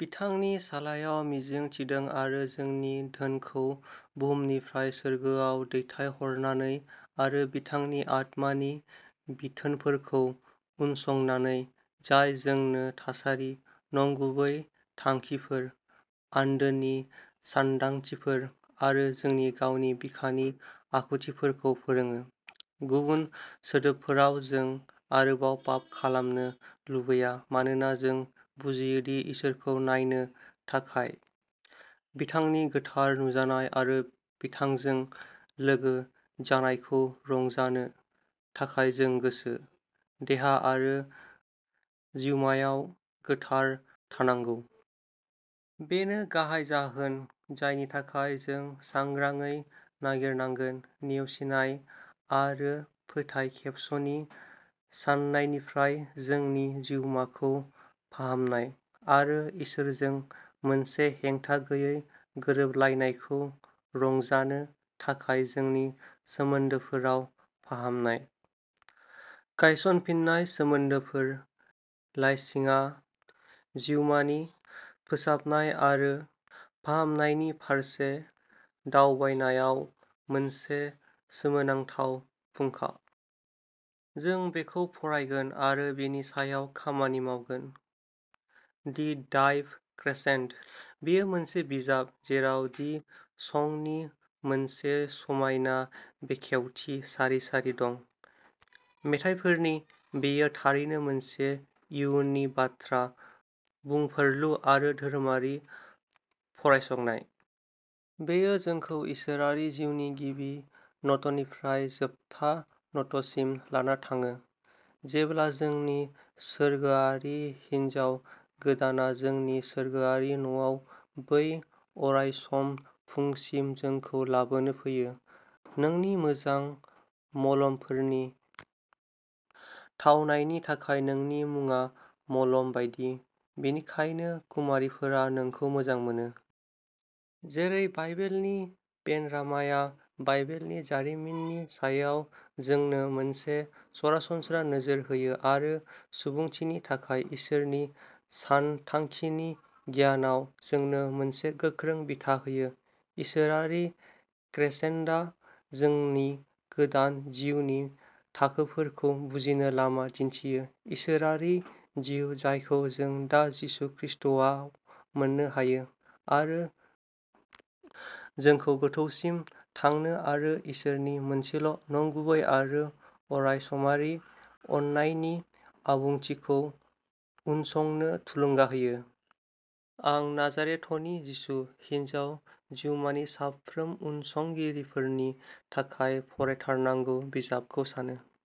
बिथांनि सायावल' मिजिं थिदों आरो जोंनि धोनखौ बुहुमनिफ्राय सोरगोआव दैथायहरनानै आरो बिथांनि आत्मानि बिथोनफोरखौ उनसंनानै, जाय जोंनो थासारि, नंगुबै थांखिफोर, आन्दोनि सानदांथिफोर आरो जोंनि गावनि बिखानि आखुफोरखौ फोरोङो, गुबुन सोदोबफोराव जों आरोबाव पाप खालामनो लुबैया मानोना जों बुजियो दि इसोरखौ नायनो थाखाय, बिथांनि गोथार नुजानाय आरो बिथांजों लोगो जानायखौ रंजानो थाखाय जों गोसो, देहा आरो जिउमायाव गोथार थानांगौ। बेनो गाहाय जाहोन जायनि थाखाय जों सांग्राङै नागिरनांगोन नेवसिनाय आरो फोथायखेबस'नि सानायनिफ्राय जोंनि जिउमाखौ फाहामनाय, आरो इसोरजों मोनसे हेंथा गैयै गोरोबलायनायखौ रंजानो थाखाय जोंनि सोमोन्दोफोराव फाहामनाय। गायसनफिननाय सोमोन्दोफोर लाइसिङा जिउमानि फोसाबनाय आरो फाहामनायनि फारसे दावबायनायाव मोनसे सोमोनांथाव फुंखा। जों बेखौ फरायगोन आरो बेनि सायाव खामानि मावगोन। दि डाइभ क्रेसेन्ड' बेयो मोनसे बिजाब जेराव दि संनि मोनसे समायना बेखेवथि सारि सारि दं। मेथाइफोरनि, बेयो थारैनो मोनसे इयुननि बाथ्रा बुंफोरलु आरो धोरोमारि फरायसंनाय। बेयो जोंखौ इसोरारि जिउनि गिबि न'टनिफ्राय जोबथा न'टसिम लाना थाङो, जेब्ला जोंनि सोरगोआरि हिन्जाव गोदानआ जोंनि सोरगोआरि न'आव बै अरायसम फुंसिम जोंखौ लाबोनो फैयो। नोंनि मोजां मलमफोरनि थावनायनि थाखाय नोंनि मुङा मलम बायदि, बेनिखायनो कुमारीफोरा नोंखौ मोजां मोनो। जेरै बाइबेलनि पेन'रामाया बाइबेलनि जारिमिननि सायाव जोंनो मोनसे सरासनस्रा नोजोर होयो आरो सुबुंथिनि थाखाय इसोरनि सानथांखिनि गियानाव जोंनो मोनसे गोख्रों बिथा होयो, इसोरारि क्रेसेन्ड'आ जोंनि गोदान जिउनि थाखोफोरखौ बुजिनो लामा दिन्थियो, इसोरारि जिउ जायखौ जों दा जिसु खृष्टआव मोननो हायो, आरो जोंखौ गोथौसिम थांनो आरो इसोरनि मोनसेल' नंगुबै आरो अरायसमारि अननायनि आबुंथिखौ उनसंनो थुलुंगा होयो। आं नाजारेथनि जिसु, हिन्जाव जिउमानि साफ्रोम उनसंगिरिफोरनि थाखाय फरायथारनांगौ बिजाबखौ सानो।